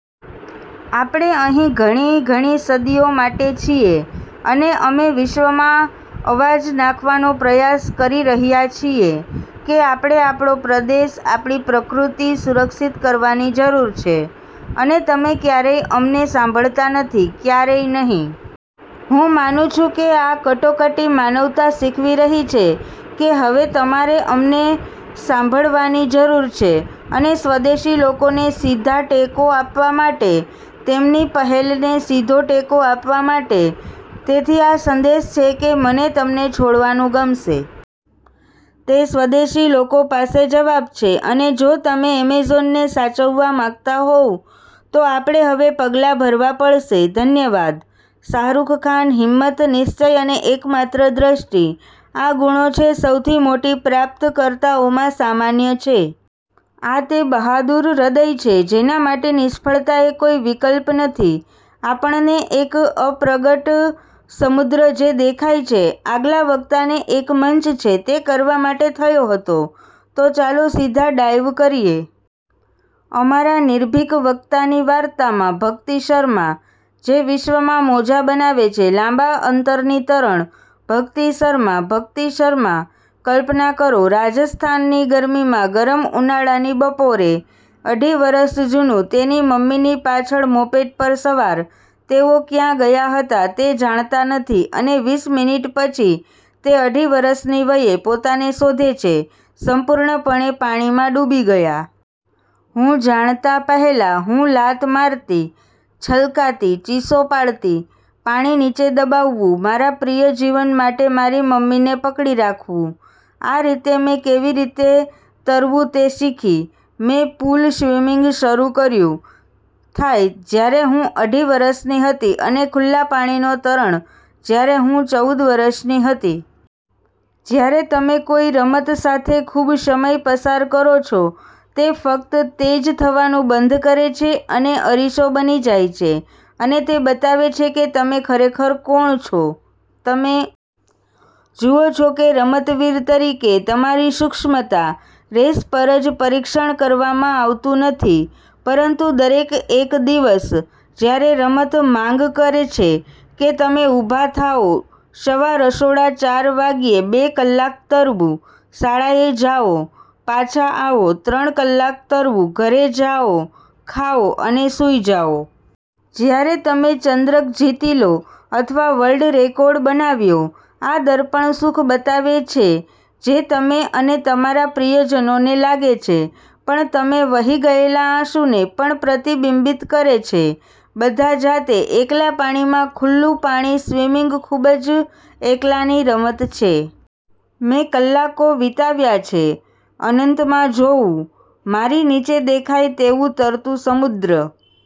આપણે અહીં ઘણી ઘણી સદીઓ માટે છીએ અને અમે વિશ્વમાં અવાજ નાખવાનો પ્રયાસ રહ્યા છીએ, કે આપણે આપણો પ્રદેશ, આપણી પ્રકૃતિ સુરક્ષિત કરવાની જરૂર છે અને તમે ક્યારેય અમને સાંભળતા નથી. ક્યારેય નહીં. હું માનું છું કે આ કટોકટી માનવતા શીખવી રહી છે કે હવે તમારે અમને સાંભળવાની જરૂર છે અને સ્વદેશી લોકોને સીધાટેકો આપવા માટે, તેમની પહેલને સીધો ટેકો આપવા માટે. તેથી આ સંદેશ છે કે મને તમને છોડવાનું ગમશે. તે સ્વદેશી લોકો પાસે જવાબ છે, અને જો તમે એમેઝોનને સાચવવા માંગતા હોવ, તો આપણે હવે પગલાં ભરવા પડશે. ધન્યવાદ. શાહરૂખ ખાન: હિંમત, નિશ્ચય, અને એકમાત્ર દ્રષ્ટિ. આ ગુણો છે સૌથી મોટી પ્રાપ્તકર્તાઓમાં સામાન્ય છે. આ તે બહાદુર હૃદય છે જેના માટે નિષ્ફળતા એ કોઈ વિકલ્પ નથી. આપણને એક અપ્રગટ સમુદ્ર જે દેખાય છે, આગલા વક્તાને એક મંચ છે, તે કરવા માટે થયો હતો. તો ચાલો સીધા ડાઇવ કરીએ. અમારા નિર્ભીક વક્તાની વાર્તામાં, ભક્તિ શર્મા. જે વિશ્વમાં મોજા બનાવે છે લાંબા અંતરની તરણ. ભક્તિ શર્મા. ભક્તિ શર્મા: કલ્પના કરો, રાજસ્થાનની ગરમીમાં ગરમ ઉનાળાની બપોરે, અઢી વર્ષ જૂનું તેની મમ્મીની પાછળ મોપેડ પર સવાર, તેઓ ક્યાં ગયા હતા તે જાણતા નથી અને વીસ મિનિટ પછી, તે અઢી વર્ષની વયે પોતાને શોધે છે સંપૂર્ણપણે પાણીમાં ડૂબી ગયા. હું જાણતા પહેલા, હું લાત મારતી, છલકાતી, ચીસો પાડતી, પાણી નીચે દબાવવું, મારા પ્રિય જીવન માટે મારી મમ્મીને પકડી રાખવું. આ રીતે મેં કેવી રીતે તરવું તે શીખી. મેં પૂલ-સ્વિમિંગ શરૂ કર્યું, થાય જ્યારે હું અઢી વર્ષની હતી, અને ખુલ્લા પાણીનો તરણ જ્યારે હું ચૌદ વર્ષની હતી. જ્યારે તમે કોઈ રમત સાથે ખૂબ સમય પસાર કરો છો, તે ફક્ત તે જ થવાનું બંધ કરે છે અને અરીસો બની જાય છે અને તે બતાવે છે કે તમે ખરેખર કોણ છો. તમે જુઓ છો કે રમતવીર તરીકે તમારી સૂક્ષ્મતા રેસ પર જ પરીક્ષણ કરવામાં આવતું નથી, પરંતુ દરેક એક દિવસ, જ્યારે રમત માંગ કરે છે કે તમે ઉભા થાઓ સવા રેસાડા ચાર વાગ્યે, બે કલાક તરવું, શાળાએ જાઓ, પાછા આવો, ત્રણ કલાક તરવું, ઘરે જાઓ, ખાઓ અને સૂઈ જાઓ. જ્યારે તમે ચંદ્રક જીતી લો અથવા વર્લ્ડ રેકોર્ડ બનાવ્યો, આ દર્પણ સુખ બતાવે છે જે તમે અને તમારા પ્રિયજનોને લાગે છે, પણ તમે વહી ગયેલા આંસુને પણ પ્રતિબિંબિત કરે છે. બધા જાતે, એકલા પાણીમાં ખુલ્લું પાણી સ્વિમિંગ ખૂબ જ એકલાની રમત છે. મેં કલાકો વીતાવ્યા છે .અનંતમાં જોવું, મારી નીચે દેખાય તેવું તરતું સમુદ્ર,